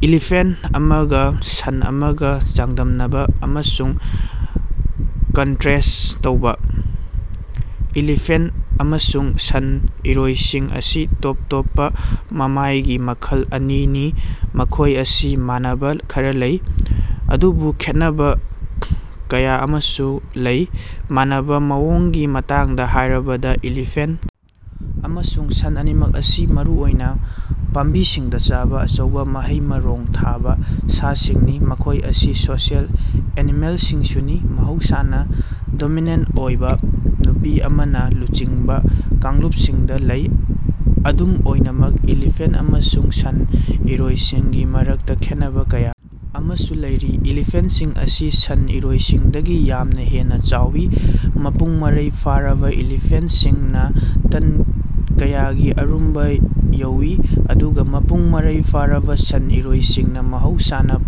Elephant ꯑꯃꯒꯥ ꯁꯟ ꯑꯃꯒꯥ ꯆꯥꯡꯗꯝꯅꯕꯥ ꯑꯃꯁꯨꯡ ꯀꯟꯇꯔꯦꯁ꯭ꯠ ꯇꯧꯕꯥ꯫ ꯏꯂꯤꯐꯦꯟꯠ ꯑꯃꯁꯨꯡ ꯁꯟ ꯏꯔꯣꯏꯁꯤꯡ ꯑꯁꯤ ꯇꯣꯞ ꯇꯣꯞꯄꯥ ꯃꯃꯥꯏꯒꯤ ꯃꯈꯜ ꯑꯅꯤꯅꯤ ꯃꯈꯣꯏ ꯑꯁꯤ ꯃꯥꯟꯅꯕꯥ ꯈꯔꯥ ꯂꯩ ꯑꯗꯨꯕꯨ ꯈꯦꯠꯅꯕꯥ ꯀꯌꯥ ꯑꯃꯁꯨ ꯂꯩ꯫ ꯃꯥꯟꯅꯕꯥ ꯃꯑꯣꯡꯒꯤ ꯃꯇꯥꯡꯗꯥ ꯍꯥꯏꯔꯕꯗꯥ ꯏꯂꯤꯐꯦꯟꯠ ꯑꯃꯁꯨꯡ ꯁꯟ ꯑꯅꯤꯃꯛ ꯑꯁꯤ ꯃꯔꯨꯑꯣꯏꯅꯥ ꯄꯥꯝꯕꯤꯁꯤꯡꯗꯥ ꯆꯥꯕꯥ ꯑꯆꯧꯕꯥ ꯃꯍꯩ ꯃꯔꯣꯡ ꯊꯥꯕꯥ ꯁꯥꯁꯤꯡꯅꯤ꯫ ꯃꯈꯣꯏ ꯑꯁꯤ ꯁꯣꯁꯤꯑꯦꯜ ꯑꯦꯅꯤꯃꯦꯜꯁꯤꯡꯁꯨꯅꯤ ꯃꯍꯧꯁꯥꯅꯥ ꯗꯣꯃꯤꯅꯦꯟꯠ ꯑꯣꯏꯕꯥ ꯅꯨꯄꯤ ꯑꯃꯅꯥ ꯂꯨꯆꯤꯡꯕꯥ ꯀꯥꯡꯂꯨꯞꯁꯤꯡꯗꯥ ꯂꯩ꯫ ꯑꯗꯨꯝ ꯑꯣꯏꯅꯃꯛ ꯏꯂꯤꯐꯦꯟꯠ ꯑꯃꯁꯨꯡ ꯁꯟ ꯏꯔꯣꯏꯁꯤꯡꯒꯤ ꯃꯔꯛꯇꯥ ꯈꯦꯟꯅꯕꯥ ꯀꯌꯥ ꯑꯃꯁꯨ ꯂꯩꯔꯤ꯫ ꯏꯂꯤꯐꯦꯟꯠꯁꯤꯡ ꯑꯁꯤ ꯁꯟ ꯏꯔꯣꯏꯁꯤꯡꯗꯒꯤ ꯌꯥꯝꯅꯥ ꯍꯦꯟꯅꯥ ꯆꯥꯎꯏ ꯃꯄꯨꯡ ꯃꯔꯩ ꯐꯥꯔꯕꯥ ꯏꯂꯤꯐꯦꯟꯠꯁꯤꯡꯅꯥ ꯇꯟ ꯀꯌꯥꯒꯤ ꯑꯔꯨꯝꯕꯥ ꯌꯧꯏ ꯑꯗꯨꯒꯥ ꯃꯄꯨꯡ ꯃꯔꯩ ꯐꯥꯔꯕꯥ ꯁꯟ ꯏꯔꯣꯏꯁꯤꯡꯅꯥ ꯃꯍꯧꯁꯥꯅꯥ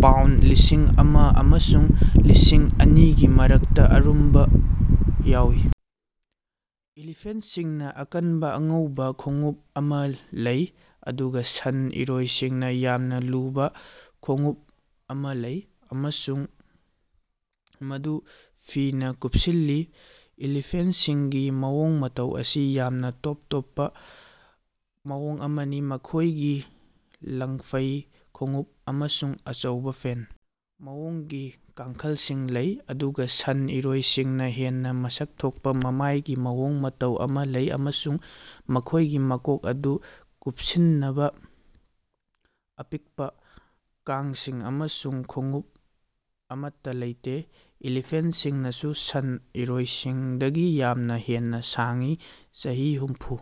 ꯄꯥꯎꯟꯗ ꯂꯤꯁꯤꯡ ꯑꯃ ꯑꯃꯁꯨꯡ ꯂꯤꯁꯤꯡ ꯑꯅꯤꯒꯤ ꯃꯔꯛꯇꯥ ꯑꯔꯨꯝꯕꯥ ꯌꯧꯏ꯫ ꯏꯂꯤꯐꯦꯟꯠꯁꯤꯡꯅꯥ ꯑꯀꯟꯕꯥ ꯑꯉꯧꯕꯥ ꯈꯣꯡꯎꯞ ꯑꯃꯥ ꯂꯩ ꯑꯗꯨꯒꯥ ꯁꯟ ꯏꯔꯣꯏꯁꯤꯡꯅꯥ ꯌꯥꯝꯅꯥ ꯂꯨꯕꯥ ꯈꯣꯡꯎꯞ ꯑꯃꯥ ꯂꯩ ꯑꯃꯁꯨꯡ ꯃꯗꯨ ꯐꯤꯅꯥ ꯀꯨꯄꯁꯤꯜꯂꯤ꯫ ꯏꯂꯤꯐꯦꯟꯠꯁꯤꯡꯒꯤ ꯃꯑꯣꯡ ꯃꯇꯧ ꯑꯁꯤ ꯌꯥꯝꯅꯥ ꯇꯣꯞ ꯇꯣꯞꯄꯥ ꯃꯑꯣꯡ ꯑꯃꯅꯤ ꯃꯈꯣꯏꯒꯤ ꯂꯪꯐꯩ ꯈꯣꯡꯎꯞ ꯑꯃꯁꯨꯡ ꯑꯆꯧꯕꯥ ꯐꯦꯟ ꯃꯑꯣꯡꯒꯤ ꯀꯥꯡꯈꯜꯁꯤꯡ ꯂꯩ ꯑꯗꯨꯒꯥ ꯁꯟ ꯏꯔꯣꯏꯁꯤꯡꯅꯥ ꯍꯦꯟꯅꯥ ꯃꯁꯛ ꯊꯣꯛꯄꯥ ꯃꯃꯥꯏꯒꯤ ꯃꯑꯣꯡ ꯃꯇꯧ ꯑꯃꯥ ꯂꯩ ꯑꯃꯁꯨꯡ ꯃꯈꯣꯏꯒꯤ ꯃꯀꯣꯛ ꯑꯗꯨ ꯀꯨꯞꯁꯤꯟꯅꯕꯥ ꯑꯄꯤꯛꯄꯥ ꯀꯥꯡꯁꯤꯡ ꯑꯃꯁꯨꯡ ꯈꯣꯡꯎꯞ ꯑꯃꯠꯇꯥ ꯂꯩꯇꯦ꯫ ꯏꯂꯤꯐꯦꯟꯠꯁꯤꯡꯅꯁꯨ ꯁꯟ ꯏꯔꯣꯏꯁꯤꯡꯗꯒꯤ ꯌꯥꯝꯅꯥ ꯍꯦꯟꯅꯥ ꯁꯥꯡꯏ ꯆꯍꯤ ꯍꯨꯝꯐꯨ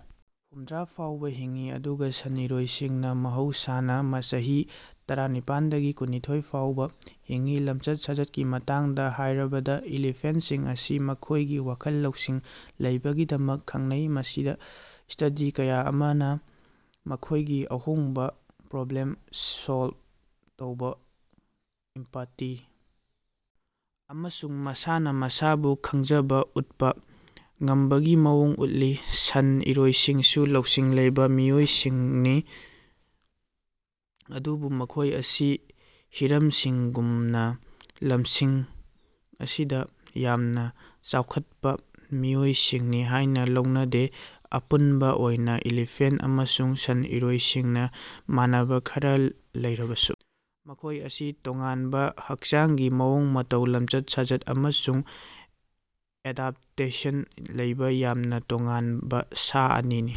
ꯍꯨꯝꯗ꯭ꯔꯥ ꯐꯥꯎꯕꯥ ꯍꯤꯡꯏ ꯑꯗꯨꯒꯥ ꯁꯟ ꯏꯔꯣꯏꯁꯤꯡꯅꯥ ꯃꯍꯧꯁꯥꯅꯥ ꯆꯍꯤ ꯇꯔꯥꯅꯤꯄꯥꯟꯗꯒꯤ ꯀꯨꯟꯅꯤꯊꯣꯏ ꯐꯥꯎꯕꯥ ꯍꯤꯡꯏ꯫ ꯂꯝꯆꯠ ꯁꯥꯖꯠꯀꯤ ꯃꯇꯥꯡꯗꯥ ꯍꯥꯏꯔꯕꯗꯥ ꯏꯂꯤꯐꯦꯟꯠꯁꯤꯡ ꯑꯁꯤ ꯃꯈꯣꯏꯒꯤ ꯋꯥꯈꯜ ꯂꯧꯁꯤꯡ ꯂꯩꯕꯒꯤꯗꯃꯛ ꯈꯪꯅꯩ ꯃꯁꯤꯗꯥ ꯁ꯭ꯇꯗꯤ ꯀꯌꯥ ꯑꯃꯅꯥ ꯃꯈꯣꯏꯒꯤ ꯑꯍꯣꯡꯕꯥ ꯄ꯭ꯔꯣꯕ꯭ꯂꯦꯝ ꯁꯣꯜꯕ ꯇꯧꯕꯥ ꯏꯝꯄꯥꯇꯤ ꯑꯃꯁꯨꯡ ꯃꯁꯥꯅꯥ ꯃꯁꯥꯕꯨ ꯈꯪꯖꯕꯥ ꯎꯠꯄꯥ ꯉꯝꯕꯒꯤ ꯃꯑꯣꯡ ꯎꯠꯂꯤ꯫ ꯁꯟ ꯏꯔꯣꯏꯁꯤꯡꯁꯨ ꯂꯧꯁꯤꯡ ꯂꯩꯕꯥ ꯃꯤꯑꯣꯏꯁꯤꯡꯅꯤ ꯑꯗꯨꯕꯨ ꯃꯈꯣꯏ ꯑꯁꯤ ꯍꯤꯔꯝꯁꯤꯡꯒꯨꯝꯅꯥ ꯂꯝꯁꯤꯡ ꯑꯁꯤꯗꯥ ꯌꯥꯝꯅꯥ ꯆꯥꯎꯈꯠꯄꯥ ꯃꯤꯑꯣꯏꯁꯤꯡꯅꯤ ꯍꯥꯏꯅꯥ ꯂꯧꯅꯗꯦ꯫ ꯑꯄꯨꯟꯕꯥ ꯑꯣꯏꯅꯥ ꯏꯂꯤꯐꯦꯟꯠ ꯑꯃꯁꯨꯡ ꯁꯟ ꯏꯔꯣꯏꯁꯤꯡꯅꯥ ꯃꯥꯟꯅꯕꯥ ꯈꯔꯥ ꯂꯩꯔꯕꯁꯨ ꯃꯈꯣꯏ ꯑꯁꯤ ꯇꯣꯉꯥꯟꯕꯥ ꯍꯛꯆꯥꯡꯒꯤ ꯃꯑꯣꯡ ꯃꯇꯧ ꯂꯝꯆꯠ ꯁꯥꯖꯠ ꯑꯃꯁꯨꯡ ꯑꯦꯗꯞꯇꯦꯁꯟ ꯂꯩꯕꯥ ꯌꯥꯝꯅꯥ ꯇꯣꯉꯥꯟꯕꯥ ꯁꯥ ꯑꯅꯤꯅꯤ꯫